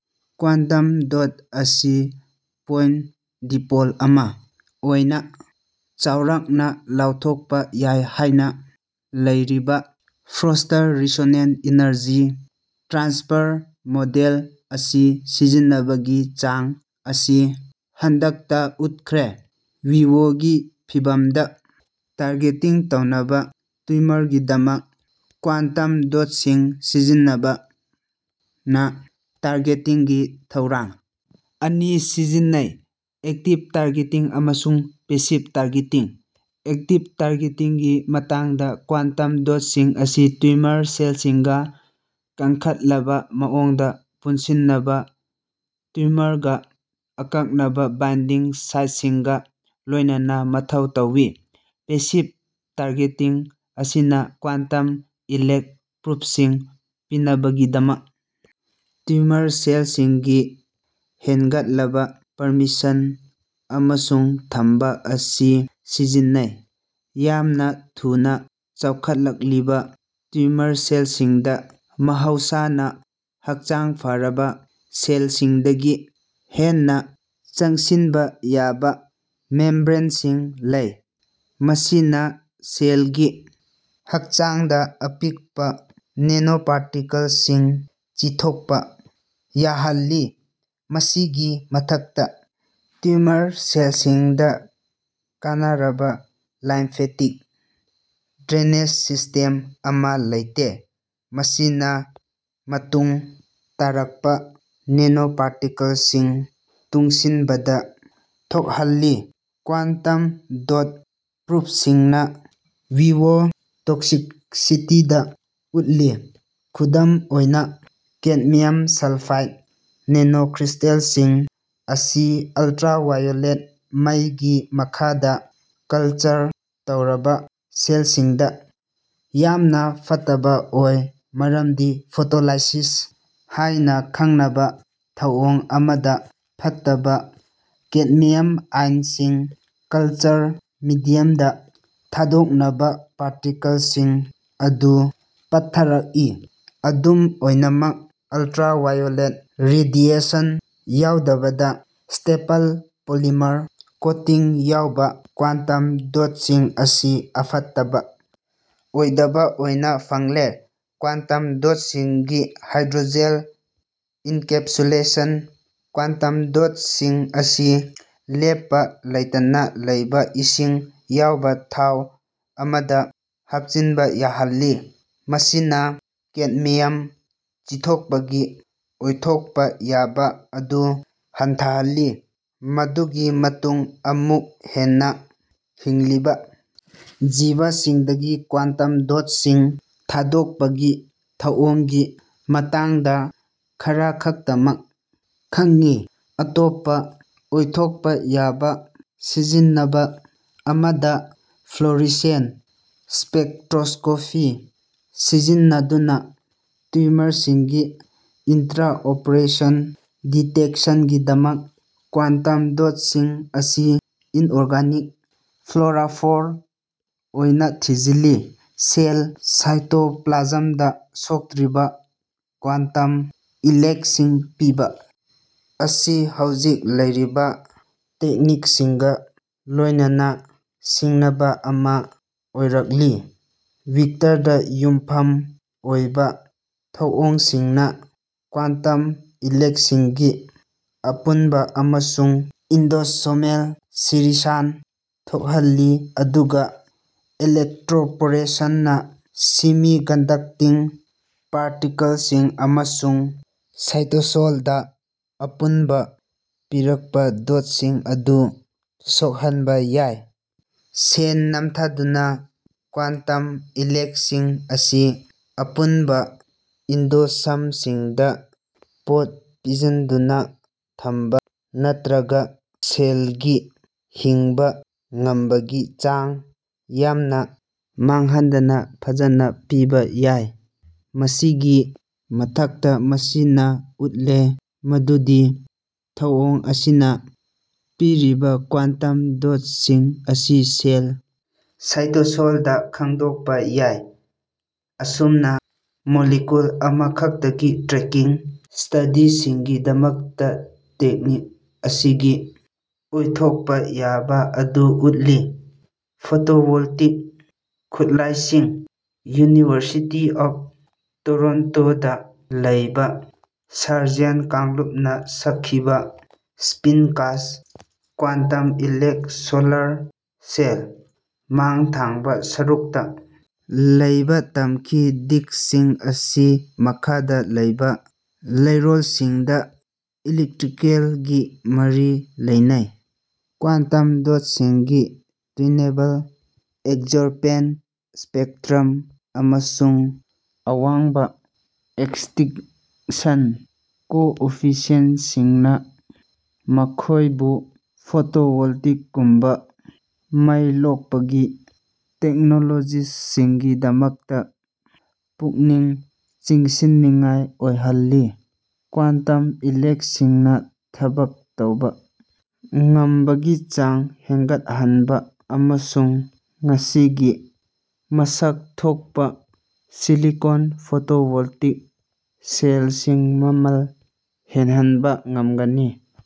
Quantum dot ꯑꯁꯤ point dipole ꯑꯃ ꯑꯣꯏꯅ ꯆꯥꯎꯔꯥꯛꯅ ꯂꯧꯊꯣꯛꯄ ꯌꯥꯏ ꯍꯥꯏꯅ ꯂꯧꯔꯤꯕ Forster resonance energy transfer model ꯑꯁꯤ ꯁꯤꯖꯤꯟꯅꯕꯒꯤ ꯆꯥꯡ ꯑꯁꯤ ꯍꯟꯗꯛꯇ ꯎꯠꯈ꯭ꯔꯦ꯫ ꯚꯤꯚꯣꯒꯤ ꯐꯤꯚꯝꯗ ꯇꯔꯒꯦꯇꯤꯡ ꯇꯧꯅꯕ ꯇ꯭ꯌꯨꯃꯔꯒꯤꯗꯃꯛ ꯀ꯭ꯋꯥꯟꯇꯝ ꯗꯣꯠꯁꯤꯡ ꯁꯤꯖꯤꯟꯅꯕꯅ ꯇ꯭ꯔꯒꯦꯇꯤꯡꯒꯤ ꯊꯧꯔꯥꯡ ꯑꯅꯤ ꯁꯤꯖꯤꯟꯅꯩ: ꯑꯦꯛꯇꯤꯚ ꯇꯥꯔꯒꯦꯇꯤꯡ ꯑꯃꯁꯨꯡ ꯄꯦꯁꯤꯚ ꯇꯥꯔꯒꯦꯇꯤꯡ꯫ ꯑꯦꯛꯇꯤꯚ ꯇꯥꯔꯒꯦꯇꯤꯡꯒꯤ ꯃꯇꯥꯡꯗ ꯀ꯭ꯋꯥꯟꯇꯝ ꯗꯣꯠꯁꯤꯡ ꯑꯁꯤ ꯇ꯭ꯌꯨꯃꯔ ꯁꯦꯜꯁꯤꯡꯒ ꯈꯟꯒꯠꯂꯕ ꯃꯑꯣꯡꯗ ꯄꯨꯟꯁꯤꯟꯅꯕ ꯇ꯭ꯌꯨꯃꯔꯒ ꯑꯀꯛꯅꯕ ꯕꯥꯏꯟꯗꯤꯡ ꯁꯥꯏꯠꯁꯤꯡꯒ ꯂꯣꯏꯅꯅ ꯃꯊꯧ ꯇꯧꯋꯤ ꯫ ꯄꯦꯁꯤꯚ ꯇꯥꯔꯒꯦꯇꯤꯡ ꯑꯁꯤꯅ ꯀ꯭ꯋꯥꯟꯇꯝ ꯏꯂꯤꯛ ꯄ꯭ꯔꯣꯕꯁꯤꯡ ꯄꯤꯅꯕꯒꯤꯗꯃꯛ ꯇ꯭ꯌꯨꯃꯔ ꯁꯦꯜꯁꯤꯡꯒꯤ ꯍꯦꯟꯒꯠꯂꯕ ꯄꯔꯃꯤꯌꯦꯁꯟ ꯑꯃꯁꯨꯡ ꯊꯝꯕ ꯑꯁꯤ ꯁꯤꯖꯤꯟꯅꯩ ꯫ ꯌꯥꯝꯅ ꯊꯨꯅ ꯆꯥꯎꯈꯠꯂꯛꯂꯤꯕ ꯇ꯭ꯌꯨꯃꯔ ꯁꯦꯜꯁꯤꯡꯗ ꯃꯍꯧꯁꯥꯅ ꯍꯛꯆꯥꯡ ꯐꯔꯕ ꯁꯦꯜꯁꯤꯡꯗꯒꯤ ꯍꯦꯟꯅ ꯆꯪꯁꯤꯟꯕ ꯌꯥꯕ ꯃꯦꯝꯕ꯭ꯔꯦꯟꯁꯤꯡ ꯂꯩ꯫ ꯃꯁꯤꯅ ꯁꯦꯜꯒꯤ ꯍꯛꯆꯥꯡꯗ ꯑꯄꯤꯛꯄ ꯅꯦꯅꯣꯄꯥꯔꯇꯤꯀꯜꯁꯤꯡ ꯆꯤꯊꯣꯛꯄ ꯌꯥꯍꯜꯂꯤ ꯫ ꯃꯁꯤꯒꯤ ꯃꯊꯛꯇ ꯇ꯭ꯌꯨꯃꯔ ꯁꯦꯜꯁꯤꯡꯗ ꯀꯥꯟꯅꯔꯕ ꯂꯤꯝꯐꯦꯇꯤꯛ ꯗ꯭ꯔꯦꯅꯦꯖ ꯁꯤꯁꯇꯦꯝ ꯑꯃ ꯂꯩꯇꯦ꯫ ꯃꯁꯤꯅ ꯃꯇꯨꯡ ꯇꯥꯔꯛꯄ ꯅꯦꯅꯣꯄꯥꯔꯇꯤꯀꯜꯁꯤꯡ ꯇꯨꯡꯁꯤꯟꯕꯗ ꯊꯣꯛꯍꯜꯂꯤ꯫ ꯀ꯭ꯋꯥꯟꯇꯝ ꯗꯣꯠ ꯄ꯭ꯔꯣꯕꯁꯤꯡꯅ ꯚꯤꯚꯣ ꯇꯣꯛꯁꯤꯁꯤꯇꯤꯗ ꯎꯠꯂꯤ꯫ ꯈꯨꯗꯝ ꯑꯣꯏꯅ ꯀꯦꯗꯃꯤꯌꯝ ꯁꯜꯐꯥꯏꯗ ꯅꯦꯅꯣꯀ꯭ꯔꯤꯁꯇꯜꯁꯤꯡ ꯑꯁꯤ ꯑꯜꯇ꯭ꯔꯥ ꯚꯥꯏꯌꯣꯂꯦꯠ ꯃꯩꯒꯤ ꯃꯈꯥꯗ ꯀꯜꯆꯔ ꯇꯧꯔꯕ ꯁꯦꯜꯁꯤꯡꯗ ꯌꯥꯝꯅ ꯐꯠꯇꯕ ꯑꯣꯏ, ꯃꯔꯝꯗꯤ ꯐꯣꯇꯣꯂꯥꯏꯁꯤꯁ ꯍꯥꯏꯅ ꯈꯪꯅꯕ ꯊꯧꯑꯣꯡ ꯑꯃꯗ, ꯐꯠꯇꯕ ꯀꯦꯗꯃꯤꯌꯝ ꯑꯥꯏꯟꯁꯤꯡ ꯀꯜꯆꯔ ꯃꯦꯗꯤꯌꯝꯗ ꯊꯥꯗꯣꯛꯅꯕ ꯄꯥꯔꯇꯤꯀꯜꯁꯤꯡ ꯑꯗꯨ ꯄꯠꯊꯔꯛꯏ ꯫ ꯑꯗꯨꯝ ꯑꯣꯏꯅꯃꯛ ꯑꯜꯇ꯭ꯔꯥ ꯚꯥꯏꯌꯣꯂꯦꯠ ꯔꯦꯗꯤꯌꯦꯁꯟ ꯌꯥꯎꯗꯕꯗ ꯁ꯭ꯇꯦꯄꯜ ꯄꯣꯂꯤꯃꯔ ꯀꯣꯇꯤꯡ ꯌꯥꯎꯕ ꯀ꯭ꯋꯥꯟꯇꯝ ꯗꯣꯠꯁꯤꯡ ꯑꯁꯤ ꯑꯐꯠꯇꯕ ꯑꯣꯏꯗꯕ ꯑꯣꯏꯅ ꯐꯪꯂꯦ ꯫ ꯀ꯭ꯋꯥꯟꯇꯝ ꯗꯣꯠꯁꯤꯡꯒꯤ ꯍꯥꯏꯗ꯭ꯔꯣꯖꯦꯜ ꯑꯦꯟꯀꯦꯞꯁꯨꯂꯦꯁꯟ ꯀ꯭ꯋꯥꯟꯇꯝ ꯗꯣꯠꯁꯤꯡ ꯑꯁꯤ ꯂꯦꯞꯄ ꯂꯩꯇꯅ ꯂꯩꯕ ꯏꯁꯤꯡ ꯌꯥꯎꯕ ꯊꯥꯎ ꯑꯃꯗ ꯍꯥꯞꯆꯤꯟꯕ ꯌꯥꯍꯜꯂꯤ꯫ ꯃꯁꯤꯅ ꯀꯦꯗꯃꯤꯌꯝ ꯆꯤꯊꯣꯛꯄꯒꯤ ꯑꯣꯏꯊꯣꯛꯄ ꯌꯥꯕ ꯑꯗꯨ ꯍꯟꯊꯍꯜꯂꯤ ꯫ ꯃꯗꯨꯒꯤ ꯃꯇꯨꯡꯗ ꯑꯃꯨꯛ ꯍꯟꯅ ꯍꯤꯡꯂꯤꯕ ꯖꯤꯕꯁꯤꯡꯗꯒꯤ ꯀ꯭ꯋꯥꯟꯇꯝ ꯗꯣꯠꯁꯤꯡ ꯊꯥꯗꯣꯛꯄꯒꯤ ꯊꯧꯑꯣꯡꯒꯤ ꯃꯇꯥꯡꯗ ꯈꯔꯈꯛꯇꯃꯛ ꯈꯪꯉꯤ꯫ ꯑꯇꯣꯞꯄ ꯑꯣꯏꯊꯣꯛꯄ ꯌꯥꯕ ꯁꯤꯖꯤꯟꯅꯕ ꯑꯃꯗ ꯐ꯭ꯂꯣꯔꯣꯁꯦꯟꯁ ꯁ꯭ꯄꯦꯛꯇ꯭ꯔꯣꯁ꯭ꯀꯣꯄꯤ ꯁꯤꯖꯤꯟꯅꯗꯨꯅ ꯇ꯭ꯌꯨꯃꯔꯁꯤꯡꯒꯤ ꯏꯟꯇ꯭ꯔꯥ-ꯑꯣꯄꯔꯦꯁꯟ ꯗꯤꯇꯦꯛꯁꯟꯒꯤꯗꯃꯛ ꯀ꯭ꯋꯥꯟꯇꯝ ꯗꯣꯠꯁꯤꯡ ꯑꯁꯤ ꯏꯟꯑꯣꯔꯒꯅꯤꯛ ꯐ꯭ꯂꯣꯔꯥꯐꯣꯔ ꯑꯣꯏꯅ ꯊꯤꯖꯤꯜꯂꯤ ꯫ ꯁꯦꯜ ꯁꯥꯏꯇꯣꯄ꯭ꯂꯥꯖꯝꯗ ꯁꯣꯛꯇ꯭ꯔꯤꯕ ꯀ꯭ꯋꯥꯟꯇꯝ ꯏꯂꯤꯛꯁꯤꯡ ꯄꯤꯕ ꯑꯁꯤ ꯍꯧꯖꯤꯛ ꯂꯩꯔꯤꯕ ꯇꯦꯛꯅꯤꯛꯁꯤꯡꯒ ꯂꯣꯏꯅꯅ ꯁꯤꯡꯅꯕ ꯑꯃ ꯑꯣꯏꯔꯛꯂꯤ ꯫ ꯚꯦꯛꯇꯔꯗ ꯌꯨꯝꯐꯝ ꯑꯣꯏꯕ ꯊꯧꯑꯣꯡꯁꯤꯡꯅ ꯀ꯭ꯋꯥꯟꯇꯝ ꯏꯂꯤꯛꯁꯤꯡꯒꯤ ꯑꯄꯨꯟꯕ ꯑꯃꯁꯨꯡ ꯑꯦꯟꯗꯣꯁꯣꯃꯦꯜ ꯁꯦꯔꯦꯁꯟ ꯊꯣꯛꯍꯜꯂꯤ ꯑꯗꯨꯒ ꯏꯂꯦꯛꯇ꯭ꯔꯣꯄꯣꯔꯦꯁꯟꯅ ꯁꯦꯃꯤ-ꯀꯟꯗꯛꯇꯤꯡ ꯄꯥꯔꯇꯤꯀꯜꯁꯤꯡ ꯑꯃꯁꯨꯡ ꯁꯥꯏꯇꯣꯁꯣꯜꯗ ꯑꯄꯨꯟꯕ ꯄꯤꯔꯛꯄ ꯗꯣꯠꯁꯤꯡ ꯑꯗꯨ ꯁꯣꯛꯍꯟꯕ ꯌꯥꯏ ꯫ ꯁꯦꯜ ꯅꯝꯊꯗꯨꯅ ꯀ꯭ꯋꯥꯟꯇꯝ ꯏꯂꯤꯛꯁꯤꯡ ꯑꯁꯤ ꯑꯄꯨꯟꯕ ꯑꯦꯟꯗꯣꯁꯣꯝꯁꯤꯡꯗ ꯄꯣꯠ ꯐꯥꯖꯤꯟꯗꯨꯅ ꯊꯝꯕ ꯅꯠꯇ꯭ꯔꯒ ꯁꯦꯜꯒꯤ ꯍꯤꯡꯕ ꯉꯝꯕꯒꯤ ꯆꯥꯡ ꯌꯥꯝꯅ ꯃꯥꯡꯍꯟꯗꯅ ꯐꯖꯅ ꯄꯤꯕ ꯌꯥꯏ ꯫ ꯃꯁꯤꯒꯤ ꯃꯊꯛꯇ ꯃꯁꯤꯅ ꯎꯠꯂꯦ ꯃꯗꯨꯗꯤ ꯊꯧꯑꯣꯡ ꯑꯁꯤꯅ ꯄꯤꯔꯤꯕ ꯀ꯭ꯋꯥꯟꯇꯝ ꯗꯣꯠꯁꯤꯡ ꯑꯁꯤ ꯁꯦꯜ ꯁꯥꯏꯇꯣꯁꯣꯜꯗ ꯈꯪꯗꯣꯛꯄ ꯌꯥꯏ꯫ ꯑꯁꯨꯝꯅ ꯃꯣꯂꯤꯀ꯭ꯌꯨꯜ ꯑꯃꯈꯛꯇꯒꯤ ꯇ꯭ꯔꯦꯀꯤꯡ ꯁ꯭ꯇꯗꯤꯁꯤꯡꯒꯤꯗꯃꯛꯇ ꯇꯦꯛꯅꯤꯛ ꯑꯁꯤꯒꯤ ꯑꯣꯏꯊꯣꯛꯄ ꯌꯥꯕ ꯑꯗꯨ ꯎꯠꯂꯤ ꯫ ꯐꯣꯇꯣꯚꯣꯜꯇꯥꯏꯛ ꯈꯨꯠꯂꯥꯏꯁꯤꯡ ꯌꯨꯅꯤꯚꯔꯁꯤꯇꯤ ꯑꯣꯐ ꯇꯣꯔꯣꯟꯇꯣꯗ ꯂꯩꯕ ꯁꯔꯖꯦꯟ ꯀꯥꯡꯂꯨꯞꯅ ꯁꯥꯈꯤꯕ ꯁ꯭ꯄꯤꯟ-ꯀꯥꯁ ꯀ꯭ꯋꯥꯟꯇꯝ ꯏꯂꯤꯛ ꯁꯣꯂꯔ ꯁꯦꯜ ꯫ ꯃꯥꯡ ꯊꯪꯕ ꯁꯔꯨꯛꯇ ꯂꯩꯕ ꯙꯥꯃꯒꯤ ꯗꯤꯁꯛꯁꯤꯡ ꯑꯁꯤ ꯃꯈꯥꯗ ꯂꯩꯕ ꯂꯩꯔꯣꯜꯁꯤꯡꯗ ꯏꯂꯦꯛꯇ꯭ꯔꯤꯀꯦꯜꯒꯤ ꯃꯔꯤ ꯂꯩꯅꯩ ꯫ ꯀ꯭ꯋꯥꯟꯇꯝ ꯗꯣꯠꯁꯤꯡꯒꯤ ꯇ꯭ꯌꯨꯅꯦꯕꯜ ꯑꯦꯕꯖꯣꯔꯄꯟ ꯁ꯭ꯄꯦꯛꯇ꯭ꯔꯝ ꯑꯃꯁꯨꯡ ꯑꯋꯥꯡꯕ ꯏꯛ꯭ꯁꯇꯤꯟꯁꯟ ꯀꯣꯑꯣꯐꯤꯁꯤꯑꯦꯟꯁꯤꯡꯅ ꯃꯈꯣꯏꯕꯨ ꯐꯣꯇꯣꯚꯣꯜꯇꯥꯏꯛꯒꯨꯝꯕ ꯃꯩ ꯂꯣꯛꯄꯒꯤ ꯇꯦꯛꯅꯣꯂꯣꯖꯤꯁꯤꯡꯒꯤꯗꯃꯛꯇ ꯄꯨꯛꯅꯤꯡ ꯆꯤꯡꯁꯤꯟꯅꯤꯡꯉꯥꯏ ꯑꯣꯏꯍꯜꯂꯤ ꯫ ꯀ꯭ꯋꯥꯟꯇꯝ ꯏꯂꯤꯛꯁꯤꯡꯅ ꯊꯕꯛ ꯇꯧꯕ ꯉꯝꯕꯒꯤ ꯆꯥꯡ ꯍꯦꯟꯒꯠꯍꯟꯕ ꯑꯃꯁꯨꯡ ꯉꯁꯤꯒꯤ ꯃꯁꯛ ꯊꯣꯛꯄ ꯁꯤꯂꯤꯀꯣꯟ ꯐꯣꯇꯣꯚꯣꯜꯇꯥꯏꯛ ꯁꯦꯜꯁꯤꯡ ꯃꯃꯜ ꯍꯟꯊꯍꯟꯕ ꯉꯝꯒꯅꯤ ꯫